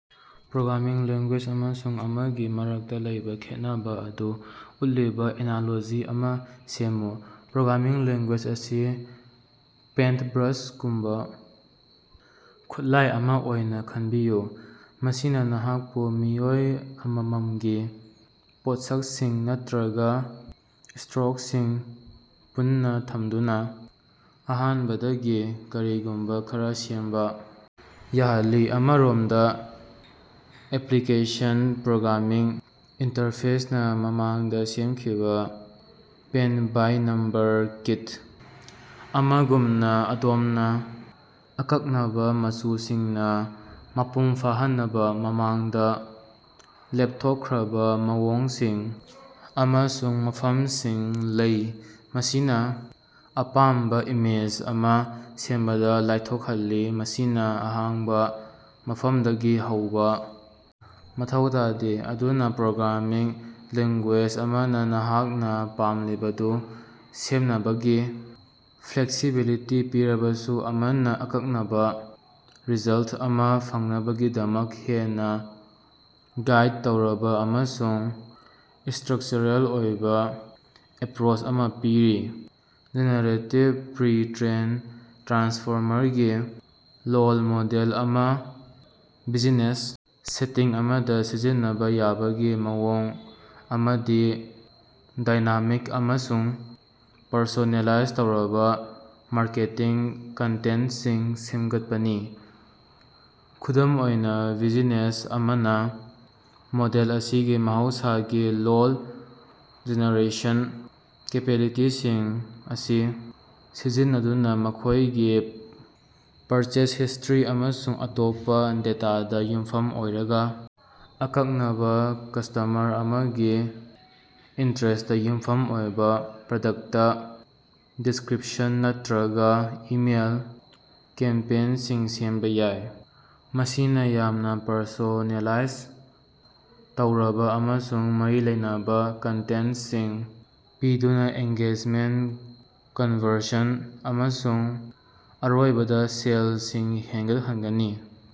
Programming language ꯑꯃꯁꯨꯡ ꯑꯃꯒꯤ ꯃꯔꯛꯇꯥ ꯂꯩꯕꯥ ꯈꯦꯠꯅꯕꯥ ꯑꯗꯨ ꯎꯠꯂꯤꯕꯥ ꯑꯦꯅꯥꯂꯣꯖꯤ ꯑꯃꯥ ꯁꯦꯝꯃꯨ꯫ ꯄ꯭ꯔꯣꯒ꯭ꯔꯥꯃꯤꯡ ꯂꯦꯡꯒꯨꯌꯦꯖ ꯑꯁꯤ ꯄꯦꯟꯠꯕ꯭ꯔꯥꯁꯒꯨꯝꯕꯥ ꯈꯨꯠꯂꯥꯏ ꯑꯃꯥ ꯑꯣꯏꯅꯥ ꯈꯟꯕꯤꯌꯨ ꯃꯁꯤꯅꯥ ꯅꯍꯥꯛꯄꯨ ꯃꯤꯑꯣꯏ ꯑꯃꯃꯝꯒꯤ ꯄꯣꯠꯁꯛꯁꯤꯡ ꯅꯠꯇ꯭ꯔꯒꯥ ꯁ꯭ꯇꯔꯣꯛꯁꯤꯡ ꯄꯨꯟꯅꯥ ꯊꯝꯗꯨꯅꯥ ꯑꯍꯥꯟꯕꯗꯒꯤ ꯀꯔꯤꯒꯨꯝꯕꯥ ꯈꯔꯥ ꯁꯦꯝꯕꯥ ꯌꯥꯍꯜꯂꯤ꯫ ꯑꯃꯔꯣꯝꯗꯥ ꯑꯦꯄꯤꯀ꯭ꯂꯦꯁꯟ ꯄ꯭ꯔꯣꯒ꯭ꯔꯥꯃꯤꯡ ꯏꯟꯇꯔꯐꯦꯁꯅꯥ ꯃꯃꯥꯡꯗꯥ ꯁꯦꯝꯈꯤꯕꯥ ꯄꯦꯟ ꯕꯥꯏ ꯅꯝꯕꯔ ꯀꯤꯠ ꯑꯃꯒꯨꯝꯅꯥ ꯑꯗꯣꯝꯅꯥ ꯑꯀꯛꯅꯕꯥ ꯃꯆꯨꯁꯤꯡꯅꯥ ꯃꯄꯨꯡ ꯐꯥꯍꯟꯅꯕꯥ ꯃꯃꯥꯡꯗꯥ ꯂꯦꯞꯊꯣꯛꯈ꯭ꯔꯕꯥ ꯃꯑꯣꯡꯁꯤꯡ ꯑꯃꯁꯨꯡ ꯃꯐꯝꯁꯤꯡ ꯂꯩ ꯃꯁꯤꯅꯥ ꯑꯄꯥꯝꯕꯥ ꯏꯃꯦꯖ ꯑꯃꯥ ꯁꯦꯝꯕꯗꯥ ꯂꯥꯏꯊꯣꯛꯍꯜꯂꯤ ꯃꯁꯤꯅꯥ ꯑꯍꯥꯡꯕꯥ ꯃꯐꯝꯗꯒꯤ ꯍꯧꯕꯥ ꯃꯊꯧ ꯇꯥꯗꯦ꯫ ꯑꯗꯨꯅꯥ ꯄ꯭ꯔꯣꯒ꯭ꯔꯥꯃꯤꯡ ꯂꯦꯡꯒꯨꯌꯦꯖ ꯑꯃꯅꯥ ꯅꯍꯥꯛꯅꯥ ꯄꯥꯝꯂꯤꯕꯗꯨ ꯁꯦꯝꯅꯕꯒꯤ ꯐ꯭ꯂꯦꯛꯁꯤꯕꯤꯂꯤꯇꯤ ꯄꯤꯔꯕꯁꯨ ꯑꯃꯅꯥ ꯑꯀꯛꯅꯕꯥ ꯔꯤꯖꯜꯠ ꯑꯃꯥ ꯐꯪꯅꯕꯒꯤꯗꯃꯛ ꯍꯦꯟꯅꯥ ꯒꯥꯏꯗ ꯇꯧꯔꯕꯥ ꯑꯃꯁꯨꯡ ꯁ꯭ꯇꯔꯛꯆꯔꯦꯜ ꯑꯣꯏꯕꯥ ꯑꯦꯄ꯭ꯔꯣꯆ ꯑꯃꯥ ꯄꯤꯔꯤ꯫ ꯖꯦꯅꯦꯔꯦꯇꯤꯚ ꯄ꯭ꯔꯤ ꯇ꯭ꯔꯦꯟ ꯇ꯭ꯔꯥꯟꯁꯐꯣꯔꯃꯔꯒꯤ ꯂꯣꯜ ꯃꯣꯗꯦꯜ ꯑꯃꯥ ꯕꯤꯖꯤꯅꯦꯁ ꯁꯦꯇꯤꯡ ꯑꯃꯗꯥ ꯁꯤꯖꯤꯟꯅꯕꯥ ꯌꯥꯕꯒꯤ ꯃꯑꯣꯡ ꯑꯃꯗꯤ ꯗꯥꯏꯅꯥꯃꯤꯛ ꯑꯃꯁꯨꯡ ꯄꯔꯁꯣꯅꯦꯂꯥꯏꯖ ꯇꯧꯔꯕꯥ ꯃꯥꯔꯀꯦꯇꯤꯡ ꯀꯟꯇꯦꯟꯠꯁꯤꯡ ꯁꯦꯝꯒꯠꯄꯅꯤ꯫ ꯈꯨꯗꯝ ꯑꯣꯏꯅꯥ ꯕꯤꯖꯤꯅꯦꯁ ꯑꯃꯅꯥ ꯃꯣꯗꯦꯜ ꯑꯁꯤꯒꯤ ꯃꯍꯧꯁꯥꯒꯤ ꯂꯣꯜ ꯖꯦꯅꯦꯔꯦꯁꯟ ꯀꯦꯄꯦꯂꯤꯇꯤꯁꯤꯡ ꯑꯁꯤ ꯁꯤꯖꯤꯟꯅꯗꯨꯅꯥ ꯃꯈꯣꯏꯒꯤ ꯄꯔꯆꯦꯖ ꯍꯤꯁ꯭ꯇꯔꯤ ꯑꯃꯁꯨꯡ ꯑꯇꯣꯞꯄꯥ ꯗꯦꯇꯥꯗꯥ ꯌꯨꯝꯐꯝ ꯑꯣꯏꯔꯒꯥ ꯑꯀꯛꯅꯕꯥ ꯀꯁꯇꯃꯔ ꯑꯃꯒꯤ ꯏꯟꯇꯔꯦꯁ꯭ꯠꯇꯥ ꯌꯨꯝꯐꯝ ꯑꯣꯏꯕꯥ ꯄ꯭ꯔꯗꯛꯇ ꯗꯤꯁꯀ꯭ꯔꯤꯞꯁꯟ ꯅꯠꯇ꯭ꯔꯒꯥ ꯏꯃꯦꯜ ꯀꯦꯝꯄꯦꯟꯁꯤꯡ ꯁꯦꯝꯕꯥ ꯌꯥꯏ꯫ ꯃꯁꯤꯅꯥ ꯌꯥꯝꯅꯥ ꯄꯔꯁꯣꯅꯦꯂꯥꯏꯖ ꯇꯧꯔꯕꯥ ꯑꯃꯁꯨꯡ ꯃꯔꯤ ꯂꯩꯅꯕꯥ ꯀꯟꯇꯦꯟꯠꯁꯤꯡ ꯄꯤꯗꯨꯅꯥ ꯑꯦꯡꯒꯦꯖꯃꯦꯟꯠ ꯀꯟꯕꯔꯁꯟ ꯑꯃꯁꯨꯡ ꯑꯔꯣꯏꯕꯗꯥ ꯁꯦꯜꯁꯤꯡ ꯍꯦꯟꯒꯠꯍꯟꯒꯅꯤ꯫